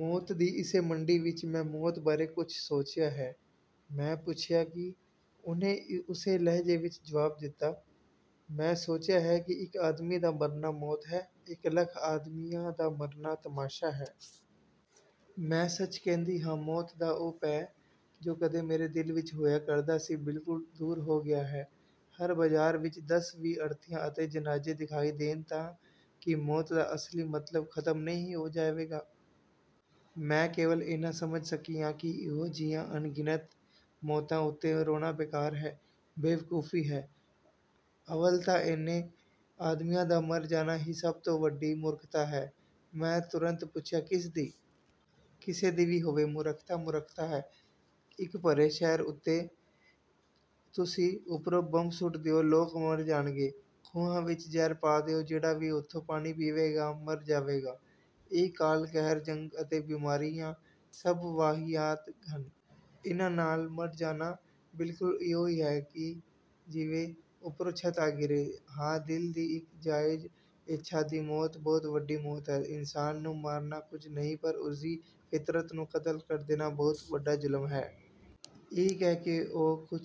ਮੌਤ ਦੀ ਇਸੇ ਮੰਡੀ ਵਿੱਚ ਮੈਂ ਮੌਤ ਬਾਰੇ ਕੁਝ ਸੋਚਿਆ ਹੈ। ਮੈਂ ਪੁੱਛਿਆ ਕੀ? ਉਹਨੇ ਉਸੇ ਲਹਿਜੇ ਵਿੱਚ ਜਵਾਬ ਦਿੱਤਾ। ਮੈਂ ਸੋਚਿਆ ਹੈ ਕਿ ਇੱਕ ਆਦਮੀ ਦਾ ਮਰਨਾ ਮੌਤ ਹੈ, ਇੱਕ ਲੱਖ ਆਦਮੀਆਂ ਦਾ ਮਰਨਾ ਤਮਾਸ਼ਾ ਹੈ। ਮੈਂ ਸੱਚ ਕਹਿੰਦੀ ਹਾਂ ਮੌਤ ਦਾ ਉਹ ਭੈਅ ਜੋ ਕਦੇ ਮੇਰੇ ਦਿਲ ਵਿੱਚ ਹੋਇਆ ਕਰਦਾ ਸੀ ਬਿਲਕੁਲ ਦੂਰ ਹੋ ਗਿਆ ਹੈ। ਹਰ ਬਜ਼ਾਰ ਵਿੱਚ ਦਸ ਵੀਹ ਅਰਥੀਆਂ ਅਤੇ ਜਨਾਜ਼ੇ ਦਿਖਾਈ ਦੇਣ ਤਾਂ ਕੀ ਮੌਤ ਦਾ ਅਸਲੀ ਮਤਲਬ ਖ਼ਤਮ ਨਹੀਂ ਹੋ ਜਾਵੇਗਾ? ਮੈਂ ਕੇਵਲ ਏਨਾ ਸਮਝ ਸਕੀ ਹਾਂ ਕਿ ਇਹੋ ਜਿਹੀਆਂ ਅਣਗਿਣਤ ਮੌਤਾਂ ਉੱਤੇ ਰੋਣਾ ਬੇਕਾਰ ਹੈ, ਬੇਵਕੂਫ਼ੀ ਹੈ। ਅੱਵਲ ਤਾਂ ਏਨੇ ਆਦਮੀਆਂ ਦਾ ਮਰ ਜਾਣਾ ਹੀ ਸਭ ਤੋਂ ਵੱਡੀ ਮੂਰਖ਼ਤਾ ਹੈ। ਮੈਂ ਤੁਰੰਤ ਪੁੱਛਿਆ ਕਿਸ ਦੀ? ਕਿਸੇ ਦੀ ਵੀ ਹੋਵੇ। ਮੂਰਖ਼ਤਾ ਮੂਰਖ਼ਤਾ ਹੈ। ਇੱਕ ਭਰੇ ਸ਼ਹਿਰ ਉੱਤੇ ਤੁਸੀਂ ਉੱਪਰੋਂ ਬੰਬ ਸੁੱਟ ਦਿਓ ਲੋਕ ਮਰ ਜਾਣਗੇ। ਖੂਹਾਂ ਵਿੱਚ ਜ਼ਹਿਰ ਪਾ ਦਿਓ ਜਿਹੜਾ ਵੀ ਓਥੋਂ ਪਾਣੀ ਪੀਵੇਗਾ ਮਰ ਜਾਵੇਗਾ। ਇਹ ਕਾਲ ਕਹਿਰ ਜੰਗ ਅਤੇ ਬੀਮਾਰੀਆਂ ਸਭ ਵਾਹੀਆਤ ਹਨ। ਇਹਨਾਂ ਨਾਲ ਮਰ ਜਾਣਾ ਬਿਲਕੁਲ ਇਉਂ ਹੀ ਐ ਜਿਵੇਂ ਉੱਪਰੋਂ ਛੱਤ ਆ ਗਿਰੇ। ਹਾਂ ਦਿਲ ਦੀ ਇੱਕ ਜਾਇਜ਼ ਇੱਛਾ ਦੀ ਮੌਤ ਬਹੁਤ ਵੱਡੀ ਮੌਤ ਹੈ। ਇਨਸਾਨ ਨੂੰ ਮਾਰਨਾ ਕੁਝ ਨਹੀਂ ਪਰ ਉਸਦੀ ਫ਼ਿਤਰਤ ਨੂੰ ਕਤਲ ਕਰ ਦੇਣਾ ਬਹੁਤ ਵੱਡਾ ਜ਼ੁਲਮ ਹੈ। ਇਹ ਕਹਿ ਕੇ ਉਹ ਕੁਝ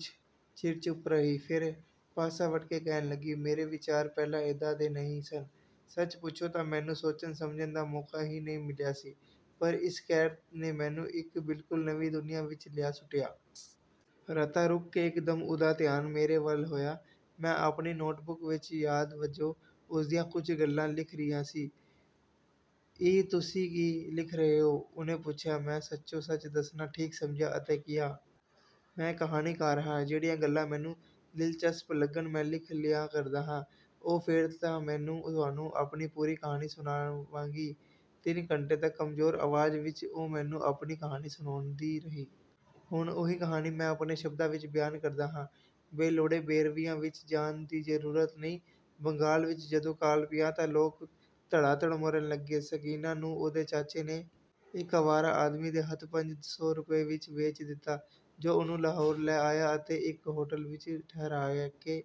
ਚਿਰ ਚੁੱਪ ਰਹੀ। ਫੇਰ ਪਾਸਾ ਵੱਟ ਕੇ ਕਹਿਣ ਲੱਗੀ। ਮੇਰੇ ਵਿਚਾਰ ਪਹਿਲਾਂ ਏਦਾਂ ਦੇ ਨਹੀਂ ਸਨ। ਸੱਚ ਪੁੱਛੋਂ ਤਾਂ ਮੈਨੂੰ ਸੋਚਣ ਸਮਝਣ ਦਾ ਮੌਕਾ ਹੀ ਨਹੀਂ ਸੀ ਮਿਲਿਆ ਪਰ ਇਸ ਕਹਿਰ ਨੇ ਮੈਨੂੰ ਇੱਕ ਬਿਲਕੁਲ ਨਵੀਂ ਦੁਨੀਆਂ ਵਿੱਚ ਲਿਆ ਸੁੱਟਿਆ। ਰਤਾ ਰੁਕ ਕੇ ਇੱਕਦਮ ਉਹਦਾ ਧਿਆਨ ਮੇਰੇ ਵੱਲ ਹੋਇਆ। ਮੈਂ ਆਪਣੀ ਨੋਟਬੁੱਕ ਵਿੱਚ ਯਾਦ ਵਜੋਂ ਉਸਦੀਆਂ ਕੁਝ ਗੱਲਾਂ ਲਿਖ ਰਿਹਾ ਸੀ। ਇਹ ਤੁਸੀਂ ਕੀ ਲਿਖ ਰਹੇ ਓ? ਉਹਨੇ ਪੁੱਛਿਆ। ਮੈਂ ਸੱਚੋ ਸੱਚ ਦੱਸਣਾ ਠੀਕ ਸਮਝਿਆ ਅਤੇ ਕਿਹਾ। ਮੈਂ ਇੱਕ ਕਹਾਣੀਕਾਰ ਹਾਂ। ਜਿਹੜੀਆਂ ਗੱਲਾਂ ਮੈਨੂੰ ਦਿਲਚਸਪ ਲੱਗਣ ਮੈਂ ਲਿਖ ਲਿਆ ਕਰਦਾ ਹਾਂ। ਓਹ ਫੇਰ ਤਾਂ ਮੈਂ ਤੁਹਾਨੂੰ ਆਪਣੀ ਪੂਰੀ ਕਹਾਣੀ ਸੁਣਾਵਾਂਗੀ। ਤਿੰਨ ਘੰਟੇ ਤੱਕ ਕਮਜ਼ੋਰ ਆਵਾਜ਼ ਵਿੱਚ ਉਹ ਮੈਨੂੰ ਆਪਣੀ ਕਹਾਣੀ ਸੁਣਾਉਂਦੀ ਰਹੀ। ਹੁਣ ਉਹੀ ਕਹਾਣੀ ਮੈਂ ਆਪਣੇ ਸ਼ਬਦਾਂ ਵਿੱਚ ਬਿਆਨ ਕਰਦਾ ਹਾਂ। ਬੇਲੋੜੇ ਵੇਰਵਿਆਂ ਵਿੱਚ ਜਾਣ ਦੀ ਜ਼ਰੂਰਤ ਨਹੀਂ। ਬੰਗਾਲ ਵਿੱਚ ਜਦੋਂ ਕਾਲ ਪਿਆ ਤਾਂ ਲੋਕ ਧੜਾ ਧੜ ਮਰਨ ਲੱਗੇ। ਸਕੀਨਾ ਨੂੰ ਉਹਦੇ ਚਾਚੇ ਨੇ ਇੱਕ ਅਵਾਰਾ ਆਦਮੀ ਦੇ ਹੱਥ ਪੰਜ ਸੌ ਰੁਪਏ ਵਿੱਚ ਵੇਚ ਦਿੱਤਾ ਜੋ ਉਹਨੂੰ ਲਾਹੌਰ ਲੈ ਆਇਆ ਅਤੇ ਇੱਕ ਹੋਟਲ ਵਿੱਚ ਠਹਿਰਾਅ ਕੇ